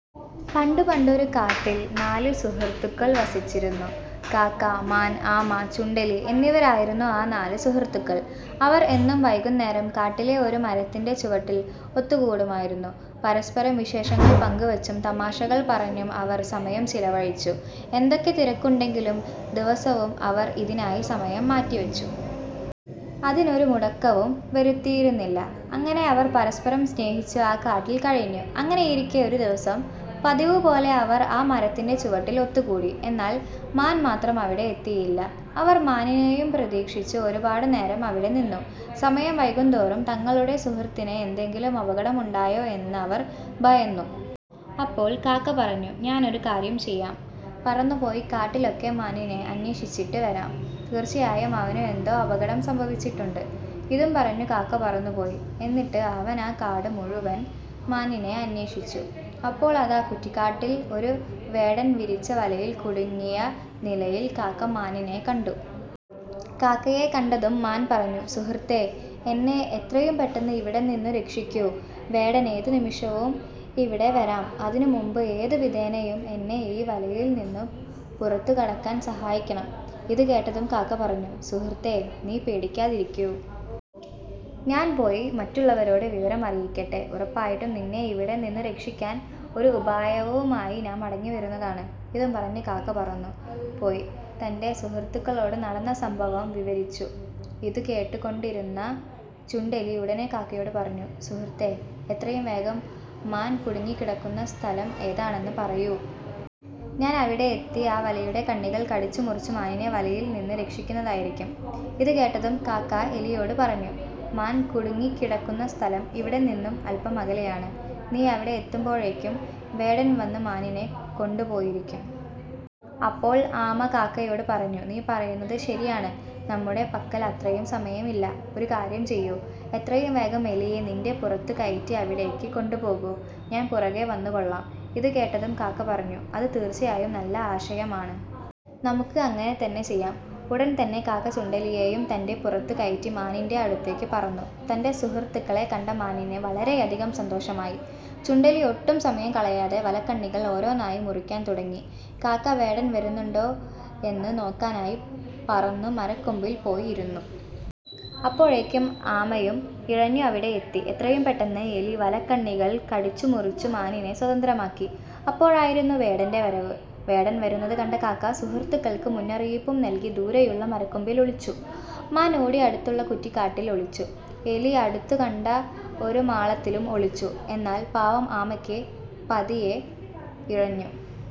പണ്ടു പണ്ടൊരു കാട്ടിൽ നാല് സുഹൃത്തുക്കൾ വസിച്ചിരുന്നു. കാക്ക, മാൻ, ആമ, ചുണ്ടെലി എന്നിവരായിരുന്നു ആ നാല് സുഹൃത്തുക്കൾ. അവർ എന്നും വൈകുന്നേരം കാട്ടിലെ ഒരു മരത്തിന്റെ ചുവട്ടിൽ ഒത്തു കൂടുമായിരുന്നു. പരസ്പരം വിശേഷങ്ങൾ പങ്കുവച്ചും തമാശകൾ പറഞ്ഞും അവർ സമയം ചിലവഴിച്ചു. എന്തൊക്കെ തിരക്കുണ്ടെങ്കിലും ദിവസവും അവർ ഇതിനായി സമയം മാറ്റിവച്ചു. അതിനൊരു മുടക്കവും വരുത്തിയിരുന്നില്ല. അങ്ങനെ അവർ പരസ്പരം സ്നേഹിച്ചു ആ കാട്ടിൽ കഴിഞ്ഞു. അങ്ങനെയിരിക്കെ ഒരു ദിവസം പതിവു പോലെ അവർ ആ മരത്തിന്റെ ചുവട്ടിൽ ഒത്തുകൂടി. എന്നാൽ മാൻ മാത്രം അവിടെ എത്തിയില്ല. അവർ മാനിനെയും പ്രതീക്ഷിച്ചു ഒരുപാട് നേരം അവിടെ നിന്നു. സമയം വൈകുന്തോറും തങ്ങളുടെ സുഹൃത്തിന് എന്തെകിലും അപകടം ഉണ്ടായോ എന്നവർ ഭയന്നു. അപ്പോൾ കാക്ക പറഞ്ഞു "ഞാനൊരു കാര്യം ചെയ്യാം, പറന്നു പോയി കാട്ടിലൊക്കെ മാനിനെ അന്വേഷിച്ചിട്ട് വരാം. തീർച്ചയായും അവനു എന്തോ അപകടം സംഭവിച്ചിട്ടുണ്ട്. " ഇതും പറഞ്ഞു കാക്ക പറന്നു പോയി. എന്നിട്ട് അവൻ ആ കാടു മുഴുവൻ മാനിനെ അന്വേഷിച്ചു. അപ്പോൾ അതാ കുറ്റിക്കാട്ടിൽ ഒരു വേടൻ വിരിച്ച വലയിൽ കുടുങ്ങിയ നിലയിൽ കാക്ക മാനിനെ കണ്ടു. കാക്കയെ കണ്ടതും മാൻ പറഞ്ഞു "സുഹൃത്തേ, എന്നെ എത്രയും പെട്ടന്ന് ഇവിടെ നിന്നു രക്ഷിക്കൂ. വേടൻ ഏതു നിമിഷവും ഇവിടെ വരാം. അതിനു മുൻപ് ഏതു വിധേനയും എന്നെ ഈ വലയിൽ നിന്നു പുറത്തു കടക്കാൻ സഹായിക്കണം. " ഇതു കേട്ടതും കാക്ക പറഞ്ഞു. "സുഹൃത്തേ, നീ പേടിക്കാതിരിക്കൂ. ഞാൻ പോയി മറ്റുള്ളവരോട് വിവരം അറിയിക്കട്ടെ. ഉറപ്പായിട്ടും നിന്നെ ഇവിടെ നിന്നു രക്ഷിക്കാൻ ഒരു ഉപായവുമായി ഞാൻ മടങ്ങി വരുന്നതാണ്. " ഇതും പറഞ്ഞു കാക്ക പറന്നു പോയി തന്റെ സുഹൃത്തുക്കളോട് നടന്ന സംഭവം വിവരിച്ചു. ഇതു കേട്ടു കൊണ്ടിരുന്ന ചുണ്ടെലി ഉടനെ കാക്കയോട് പറഞ്ഞു "സുഹൃത്തേ, എത്രയും വേഗം മാൻ കുടുങ്ങി കിടക്കുന്ന സ്ഥലം ഏതാണെന്ന് പറയൂ. ഞാൻ അവിടെ എത്തി ആ വലയുടെ കണ്ണികൾ കടിച്ചു മുറിച്ചു മാനിനെ വലയിൽ നിന്ന് രക്ഷിക്കുന്നതായിരിക്കും. " ഇതു കേട്ടതും കാക്ക എലിയോട് പറഞ്ഞു "മാൻ കുടുങ്ങി കിടക്കുന്ന സ്ഥലം ഇവിടെ നിന്നും അല്പം അകലെയാണ്. നീ അവിടെ എത്തുമ്പോഴേക്കും വേടൻ വന്നു മാനിനെ കൊണ്ടു പോയിരിക്കും. " അപ്പോൾ ആമ കാക്കയോട് പറഞ്ഞു "നീ പറയുന്നത് ശരിയാണ് നമ്മുടെ പക്കൽ അത്രയും സമയം ഇല്ല. ഒരു കാര്യം ചെയ്യൂ, എത്രയും വേഗം എലിയെ നിന്റെ പുറത്തു കയറ്റി അവിടേക്ക് കൊണ്ടു പോകൂ. ഞാൻ പുറകേ വന്നു കൊള്ളാം. " ഇതു കേട്ടതും കാക്ക പറഞ്ഞു "ഇതു തീർച്ചയായും നല്ല ആശയമാണ്. നമുക്ക് അങ്ങനെ തന്നെ ചെയ്യാം. " ഉടൻ തന്നെ കാക്ക ചുണ്ടെലിയെയും തന്റെ പുറത്തു കയറ്റി മാനിന്റെ അടുത്തേക്ക് പറന്നു. തന്റെ സുഹൃത്തുക്കളെ കണ്ട മാനിന് വളരെയധികം സന്തോഷമായി. ചുണ്ടെലി ഒട്ടും സമയം കളയാതെ വലക്കണ്ണികൾ ഓരോന്നായി മുറിക്കാൻ തുടങ്ങി. കാക്ക വേടൻ വരുന്നുണ്ടോ എന്നു നോക്കാനായി പറന്നു മരക്കൊമ്പിൽ പോയി ഇരുന്നു. അപ്പോഴേക്കും ആമയും ഇഴഞ്ഞു അവിടെ എത്തി. എത്രയും പെട്ടന്ന് എലി വലക്കണ്ണികൾ കടിച്ചു മുറിച്ചു മാനിനെ സ്വതന്ത്രമാക്കി. അപ്പോഴായിരുന്നു വേടന്റെ വരവ്. വേടൻ വരുന്നത് കണ്ട കാക്ക സുഹൃത്തുക്കൾക്ക് മുന്നറിയിപ്പും നൽകി ദൂരെയുള്ള മരക്കൊമ്പിൽ ഒളിച്ചു. മാൻ ഓടി അടുത്തുള്ള കുറ്റിക്കാട്ടിൽ ഒളിച്ചു. എലി അടുത്തു കണ്ട ഒരു മാളത്തിലും ഒളിച്ചു. എന്നാൽ പാവം ആമയ്ക്ക് പതിയെ ഇഴഞ്ഞു